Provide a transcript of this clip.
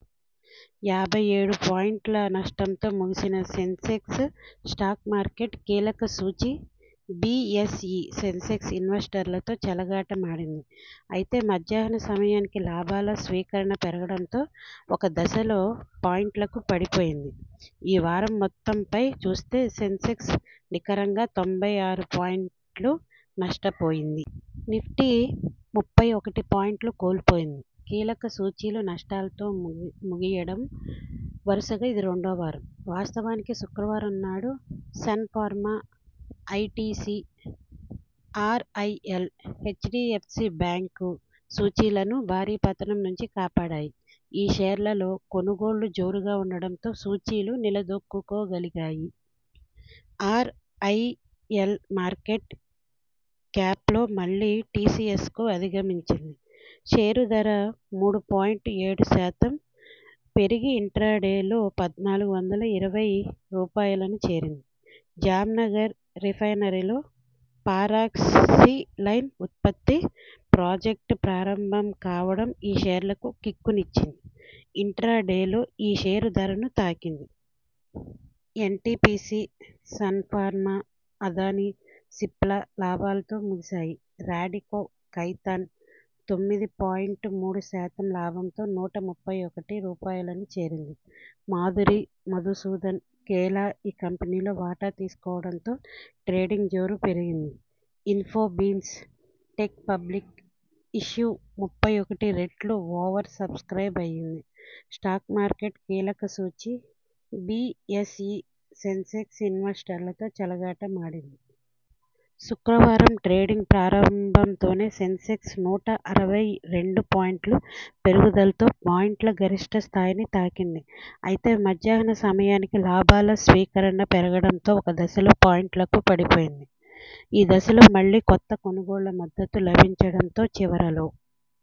యాభై ఏడు పాయింట్ల నష్టంతో ముగిసిన సెన్సెక్స్ స్టాక్ మార్కెట్ కీలక సూచీ బిఎస్ఇ సెన్సెక్స్ ఇన్వెస్టర్లతో చెలగాట మాడింది. అయితే మధ్యాహ్న సమయానికి లాభాల స్వీకరణ పెరగడంతో ఒక దశలో పాయింట్లకు పడిపోయింది. ఈ వారం మొత్తంపై చూస్తే సెన్సెక్స్ నికరంగా తొంభై ఆరు పాయింట్లు నష్టపోయింది. నిఫ్టీ ముప్పై ఒకటి పాయింట్లు కోల్పోయింది. కీలక సూచీలు నష్టాలతో ముగిముగియడం వరుసగా ఇది రెండో వారం. వాస్తవానికి శుక్రవారం నాడు Sun Pharma, ITC, RIL, HDFC bank సూచీలను భారీ పతనం నుంచి కాపాడాయి. ఈ షేర్లలో కొనుగోళ్లు జోరుగా ఉండటంతో సూచీలు నిలదొక్కుకోగలిగాయి. ఆర్ఐఎల్ మార్కెట్ క్యాప్లో మళ్లీ టిసిఎస్కు అధిగమించింది. షేరు ధర మూడు పాయింట్ ఏడు శాతం పెరిగి ఇంట్రాడేలో పద్నాలుగు వందల ఇరవై రూపాయలను చేరింది. జామ్నగర్ రిఫైనరీలో పారాక్సిలైన్ ఉత్పత్తి ప్రాజెక్టు ప్రారంభంకావడం ఈ షేర్లకు కిక్కు నిచ్చింది. ఇంట్రాడేలో ఈ షేరు ధర ను తాకింది. ఎన్టిపిసి, సన్ఫార్మా, అదానీ, సిప్లా లాభాలతో ముగిశాయి. రాడికో ఖైతాన్ తొమ్మిది పాయింట్ మూడు శాతం లాభంతో నూట ముప్పై ఒకటి రూపాయలను చేరింది మాధురి ,మధుసూదన్ కేలా ఈ కంపెనీలో వాటా తీసుకోవడంతో ట్రేడింగ్ జోరు పెరిగింది. ఇన్ఫోబీన్స్ టెక్ పబ్లిక్ ఇష్యూ ముప్పై ఒకటి రెట్లు ఓవర్ సబ్స్క్రయిబ్ అయింది స్టాక్ మార్కెట్ కీలక సూచీ బిఎస్ఇ సెన్సెక్స్ ఇన్వెస్టర్లతో చెలగాట మాడింది. శుక్రవారం ట్రేడింగ్ ప్రారంభంతోనే సెన్సెక్స్ నూట అరవై రెండు పాయింట్ల పెరుగుదలతో పాయింట్ల గరిష్ఠ స్థాయిని తాకింది. అయితే మధ్యాహ్న సమయానికి లాభాల స్వీకరణ పెరగడంతో ఒక దశలో పాయింట్లకు పడిపోయింది. ఈ దశలో మళ్లీ కొంత కొనుగోళ్ల మద్దతు లభించడంతో చివరలో